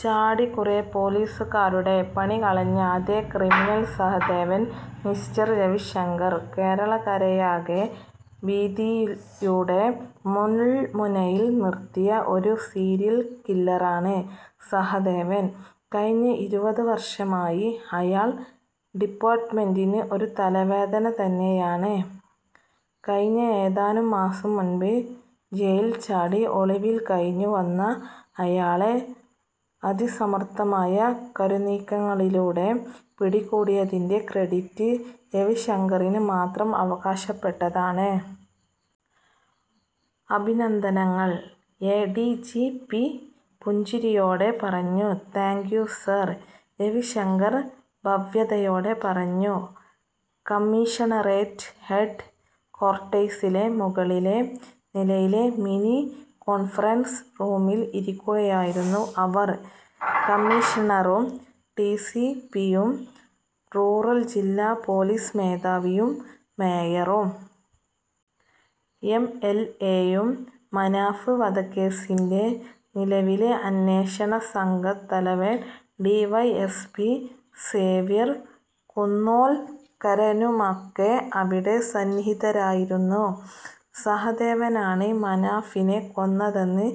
ചാടി കുറെ പൊലീസുകാരുടെ പണി കളഞ്ഞ അതേ ക്രിമിനൽ. സഹദേവൻ....! " "മിസ്റ്റർ രവിശങ്കർ, കേരളക്കരയെയാകെ ഭീതിയുടെ മുൾമുനയിൽ നിർത്തിയ ഒരു സീരിയൽ കില്ലറാണ് സഹദേവൻ. കഴിഞ്ഞ ഇരുപത് വർഷമായി അയാൾ ഡിപ്പാർട്മെന്റിന് ഒരു തലവേദന തന്നെയാണ്. കഴിഞ്ഞ ഏതാനും മാസം മുൻപ് ജയിൽ ചാടി ഒളിവിൽ കഴിഞ്ഞു വന്ന അയാളെ അതിസമർത്ഥമായ കരുനീക്കങ്ങളിലൂടെ പിടികൂടിയതിന്റെ ക്രെഡിറ്റ് രവിശങ്കറിന് മാത്രം അവകാശപ്പെട്ടതാണ്. അഭിനന്ദനങ്ങൾ! " എ. ഡി. ജി. പി പുഞ്ചിരിയോടെ പറഞ്ഞു. "താങ്ക്യൂ സർ... " രവിശങ്കർ ഭവ്യതയോടെ പറഞ്ഞു. കമ്മീഷണറേറ്റ് ഹെഡ് ക്വാർട്ടേഴ്സിലെ മുകളിലെ നിലയിലെ മിനി കോൺഫറൻസ് റൂമിൽ ഇരിക്കുകയായിരുന്നു അവർ. കമ്മീഷണറും, ഡി. സി. പിയും, റൂറൽ ജില്ലാ പോലീസ് മേധാവിയും, മേയറും. എം. എൽ. എയും, മനാഫ് വധക്കേസിന്റെ നിലവിലെ അന്വേഷണ സംഘം തലവൻ D. Y. S. P Xavier കുന്നേൽക്കാരനുമൊക്കെ അവിടെ സന്നിഹിതരായിരുന്നു. "സഹദേവനാണ് മനാഫിനെ കൊന്നതെന്ന്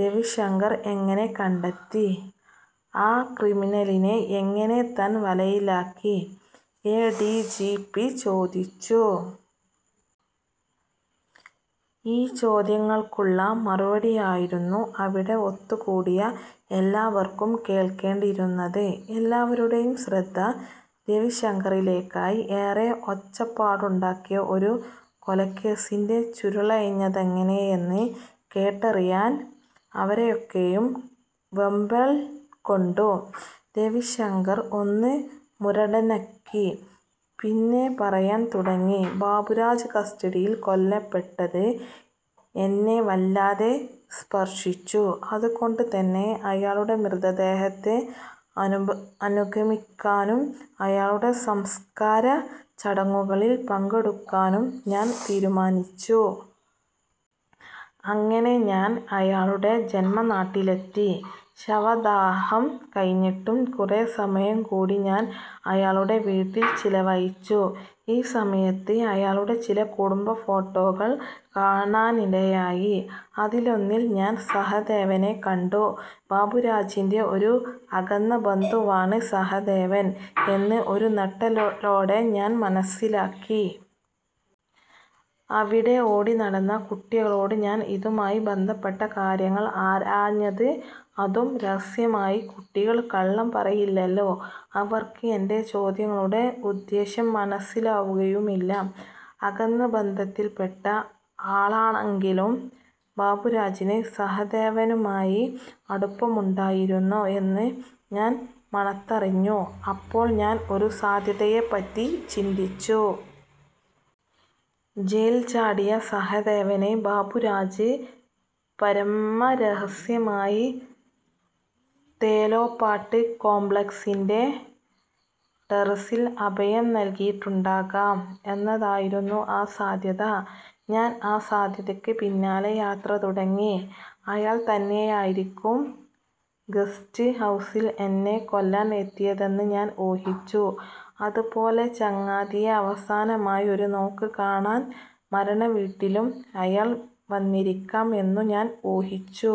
രവിശങ്കർ എങ്ങനെ കണ്ടെത്തി? ആ ക്രിമിനലിനെ എങ്ങനെ താൻ വലയിലാക്കി? " എ. ഡി. ജി. പി ചോദിച്ചു. ഈ ചോദ്യങ്ങൾക്കുള്ള മറുപടിയായിരുന്നു അവിടെ ഒത്തുകൂടിയ എല്ലാവർക്കും കേൾക്കേണ്ടിയിരുന്നത്. എല്ലാവരുടേയും ശ്രദ്ധ രവിശങ്കറിലേക്കായി. ഏറെ ഒച്ചപ്പാടുണ്ടാക്കിയ ഒരു കൊലക്കേസിന്റെ ചുരുളഴിഞ്ഞതെങ്ങനെയെന്ന് കേട്ടറിയാൻ അവരൊക്കെയും വെമ്പൽ കൊണ്ടു. രവിശങ്കർ ഒന്ന് മുരടനക്കി. പിന്നെ പറയാൻ തുടങ്ങി: "ബാബുരാജ് കസ്റ്റഡിയിൽ കൊല്ലപ്പെട്ടത് എന്നെ വല്ലാതെ സ്പർശിച്ചു. അതുകൊണ്ട് തന്നെ അയാളുടെ മൃതദേഹത്തെ അനുഗമിക്കാനും അയാളുടെ സംസ്ക്കാരച്ചടങ്ങുകളിൽ പങ്കെടുക്കാനും ഞാൻ തീരുമാനിച്ചു. അങ്ങനെ ഞാൻ അയാളുടെ ജന്മനാട്ടിലെത്തി. ശവദാഹം കഴിഞ്ഞിട്ടും കുറെ സമയം കൂടി ഞാൻ അയാളുടെ വീട്ടിൽ ചിലവഴിച്ചു. ഈ സമയത്ത് അയാളുടെ ചില കുടുംബ ഫോട്ടോകൾ കാണാനിടയായി. അതിലൊന്നിൽ ഞാൻ സഹദേവനെ കണ്ടു! ബാബുരാജിന്റെ ഒരു അകന്ന ബന്ധുവാണ് സഹദേവൻ എന്ന് ഒരു ഞെട്ടലോടെ ഞാൻ മനസ്സിലാക്കി. അവിടെ ഓടി നടന്ന കുട്ടികളോട് ഞാൻ ഇതുമായി ബന്ധപ്പെട്ട കാര്യങ്ങൾ ആരാഞ്ഞത്. അതും രഹസ്യമായി. കുട്ടികൾ കള്ളം പറയില്ലല്ലോ. അവർക്ക് എന്റെ ചോദ്യങ്ങളുടെ ഉദ്ദേശ്യം മനസ്സിലാവുകയുമില്ല. അകന്ന ബന്ധത്തിൽപ്പെട്ട ആളാണെങ്കിലും ബാബുരാജിന് സഹദേവനുമായി അടുപ്പമുണ്ടായിരുന്നു എന്ന് ഞാൻ മണത്തറിഞ്ഞു. അപ്പോൾ ഞാൻ ഒരു സാധ്യതയെപ്പറ്റി ചിന്തിച്ചു. ജയിൽ ചാടിയ സഹദേവന് ബാബുരാജ് പരമരഹസ്യമായി 'തേലേപ്പാട്ട് കോംപ്ലക്സി'ന്റെ ടെറസിൽ അഭയം നൽകിയിട്ടുണ്ടാകാം എന്നതായിരുന്നു ആ സാധ്യത. ഞാൻ ആ സാധ്യതക്ക് പിന്നാലെ യാത്ര തുടങ്ങി. അയാൾ തന്നെയായിരിക്കും ഗസ്റ്റ് ഹൌസിൽ എന്നെ കൊല്ലാൻ എത്തിയതെന്ന് ഞാൻ ഊഹിച്ചു. അതുപോലെ ചങ്ങാതിയെ അവസാനമായി ഒരു നോക്ക് കാണാൻ മരണവീട്ടിലും അയാൾ വന്നിരിക്കാം എന്നും ഞാൻ ഊഹിച്ചു.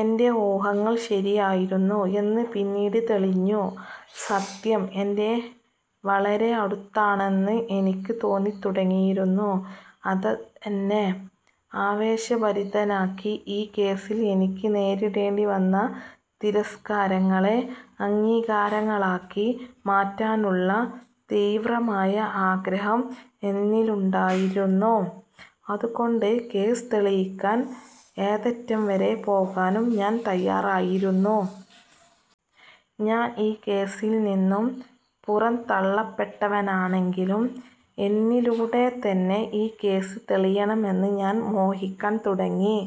എന്റെ ഊഹങ്ങൾ ശരിയായിരുന്നു എന്ന് പിന്നീട് തെളിഞ്ഞു. സത്യം എന്റെ വളരെ അടുത്താണെന്ന് എനിക്ക് തോന്നിത്തുടങ്ങിയിരുന്നു. അതെന്നെ ആവേശഭരിതനാക്കി. ഈ കേസിൽ എനിക്ക് നേരിടേണ്ടി വന്ന തിരസ്ക്കാരങ്ങളെ അംഗീകാരങ്ങളാക്കി മാറ്റാനുള്ള തീവ്രമായ ആഗ്രഹം എന്നിലുണ്ടായിരുന്നു. അതുകൊണ്ട് കേസ് തെളിയിക്കാൻ ഏതറ്റം വരെ പോകാനും ഞാൻ തയ്യാറായിരുന്നു. ഞാൻ ഈ കേസിൽ നിന്നും പുറന്തള്ളപ്പെട്ടവനാണെങ്കിലും എന്നിലൂടെത്തന്നെ ഈ കേസ് തെളിയണമെന്ന് ഞാൻ മോഹിക്കാൻ തുടങ്ങി. "।